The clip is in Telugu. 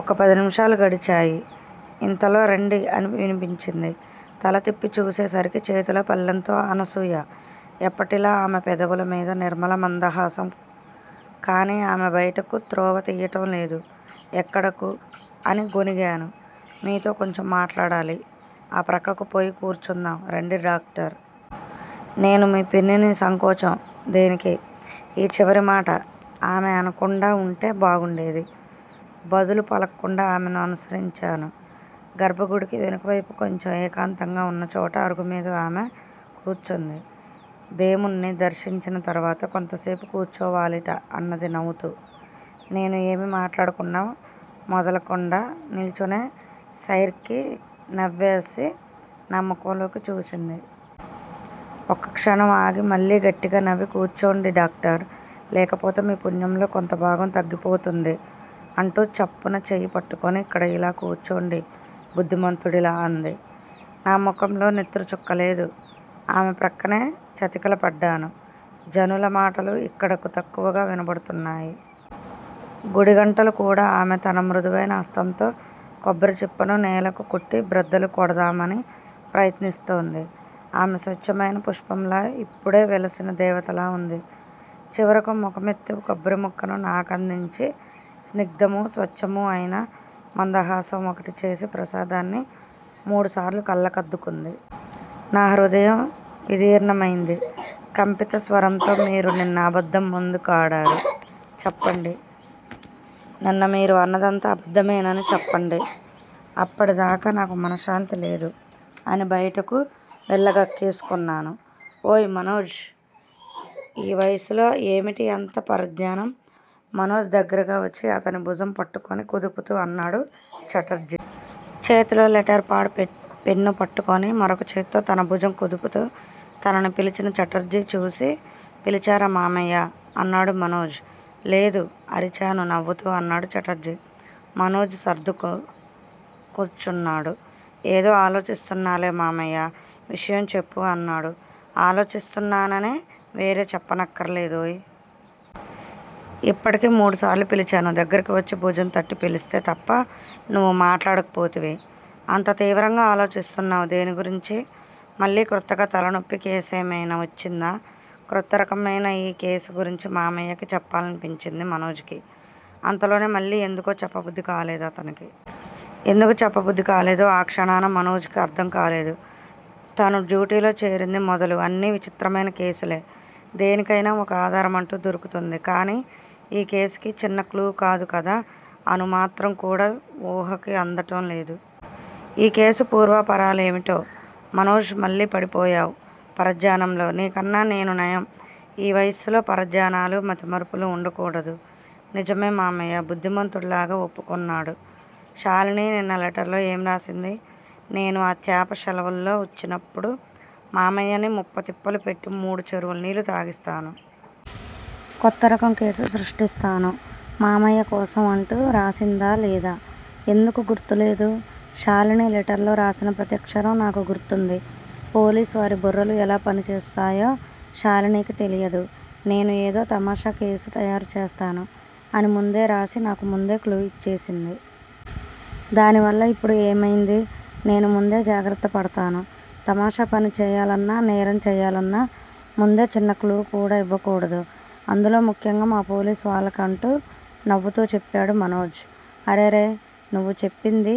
ఒక్క పదినిముషాలు గడిచాయి. ఇంతలో రండి అని వినిపించింది. తల త్రిప్పి చూసే సరికి చేతిలో పళ్ళెంతో అనసూయ, ఎప్పటిలా ఆమె పెదవుల మీద నిర్మల మందహాసం. కాని ఆమె బయటకు త్రోవ తియ్యటం లేదు. ఎక్కడకు? అని గొణిగాను. మీతో కొంచెం మాట్లాడాలి. ఆ ప్రక్కకు పోయి కూర్చుందాం రండి డాక్టర్! నేను మీ పిన్నిని సంకోచం దేనికీ? ఈ చివరిమాట ఆమె అనకుండా వుంటే బాగుండేది. బదులు పలకకుండా ఆమెను అనుసరించాను. గర్భగుడికి వెనుకవైపు కొంచెం ఏకాంతంగా వున్నచోట అరుగుమీద ఆమె కూర్చుంది. దేముడ్ని దర్శించిన తర్వాత కొంతసేపు కూర్చోవాలిట అన్నది నవ్వుతూ. నేను ఏమీ మాట్లాడకుండా మెదలకుండా నిల్చునే సైర్కి నవ్వాసి నా ముఖంలోకి చూసింది. ఒక్కక్షణం ఆగి మళ్ళీ గట్టిగా నవ్వి కూర్చోండి డాక్టర్ లేకపోతే మీ పుణ్యంలో కొంత భాగం తగ్గిపోతుంది అంటూ చప్పున చెయ్యిపట్టుకుని ఇక్కడ ఇలా కూర్చోండి బుద్దిమంతుడిలా అంది. నా ముఖంలో నెత్తురు చుక్కలేదు. ఆమె ప్రక్కనే చతికిలబడ్డాను. జనుల మాటలు యిక్కడకు తక్కువగా వినబడుతున్నాయి. గుడిగంటలు కూడా ఆమె తన మృదువైన హస్తంతో కొబ్బరిచిప్పను నేలకు కొట్టి బ్రద్దలు కొడదామణి ప్రయత్నిస్తోంది. ఆమె స్వచ్చమైన పుష్పంలా యిప్పుడే వెలసిన దేవతలా వుంది. చివరకు ముఖమెత్తి కొబ్బరిముక్కను నాకందించి, స్నిగ్ధమూ, స్వచ్చమూ అయిన మందహాసం ఒకటి చేసి ప్రసాదాన్ని మూడుసార్లు కళ్ళకు అద్దుకొంది. నా హృదయం విదీర్ణమయింది. కంపిత స్వరంతో మీరు నిన్న అబద్దమెందుకాడారు? చెప్పండి. నిన్న మీరు అన్నదంతా అబద్దమేనని చెప్పండి. అప్పటిదాకా నాకు మనశ్శాంతి లేదు అని బయటకు వెళ్ళగ్రక్కేసుకున్నాను. ఓయ్! మనోజ్! ఈ వయస్సులో ఏమిటి అంత పరధ్యానం? మనోజ్ దగ్గరగా వచ్చి అతని భుజం పట్టుకుని కుదుపుతూ అన్నాడు ఛటర్జీ. చేతిలో లెటర్ పాడ్, పెన్ను పట్టుకుని, మరొకచేత్తో తన భుజం కుదుపుతూ, తనని పిలిచిన ఛటర్జీ చూసి, పిలిచారా మామయ్యా! అన్నాడు మనోజ్. లేదు! అరిచాను నవ్వుతూ అన్నాడు ఛటర్జీ. మనోజ్ సర్దుకు కూర్చున్నాడు. ఏదో ఆలోచిస్తున్నాలే మామయ్యా! విషయం చెప్పు! అన్నాడు. ఆలోచిస్తున్నానని వేరే చెప్పనక్కర లేదోయ్! ఇప్పటికి మూడుసార్లు పిలిచాను దగ్గరికి వచ్చి భుజం తట్టి పిలిస్తే తప్ప నువ్వు మాట్లాడకపోతివి. అంత తీవ్రంగా ఆలోచిస్తున్నావ్ దేని గురించి? మళ్ళీ క్రొత్తగా తలనొప్పి కేసేమయినా వచ్చిందా? క్రొత్త రకమయిన ఈ కేసు గురించి మామయ్యకి చెప్పాలనిపించింది మనోజ్ కి. అంతలోనే మళ్ళీ ఎందుకో చెప్పబుద్దికాలేదు అతనికి. ఎందుకు చెప్పబుద్ది కాలేదో ఆ క్షణాన మనోజ్ కి అర్ధం కాలేదు. తను డ్యూటీలో చేరింది మొదలు అన్నీ విచిత్రమయిన కేసులే. దేనికయినా ఒక ఆధారమంటూ దొరుకుతుంది. కానీ ఈ కేసుకి చిన్న క్లూ కాదు కదా! అణు మాత్రం కూడా వూహకి అందటం లేదు. ఈ కేసు పూర్వాపరాలు ఏమిటో? మనోజ్! మళ్ళీ పడిపోయావ్ పరధ్యానంలో నీకన్నా నేను నయం ఈ వయస్సులో పరధ్యానాలూ, మతిమరుపులూ వుండకూడదు. నిజమే మామయ్యా! బుద్ధిమంతుడిలాగా ఒప్పుకున్నాడు. షాలిని నిన్న లెటర్ లో ఏం రాసింది? నేను ఆ త్యాప శెలవుల్లో వచ్చినప్పుడు. మామయ్యని ముప్పతిప్పలు పెట్టి మూడు చెరువుల నీళ్లు తాగిస్తాను. కొత్త రకం కేసు సృష్టిస్తాను మామయ్య కోసం అంటూ రాసిందా లేదా? ఎందుకు గుర్తు లేదూ! షాలిని లెటర్ లో రాసిన ప్రతి అక్షరం నాకు గుర్తుంది. పోలీసు వారి బుర్రలు ఎలా పనిచేస్తాయో షాలినీకి తెలియదు. నేను ఏదో తమాషా కేసు తయారు చేస్తాను అని ముందే రాసి నాకు ముందే క్లూ ఇచ్చేసింది. దానివల్ల ఇప్పుడు ఏమయింది? నేను ముందే జాగ్రత్త పడతాను. తమాషా పని చెయ్యాలన్నా, నేరం చెయ్యాలన్నా, ముందే చిన్న క్లూ కూడా ఇవ్వకూడదు. అందులో ముఖ్యంగా మా పోలీసు వాళ్ళకి అంటూ నవ్వుతూ చెప్పాడు మనోజ్. అరెరె! నువ్వు చెప్పిందీ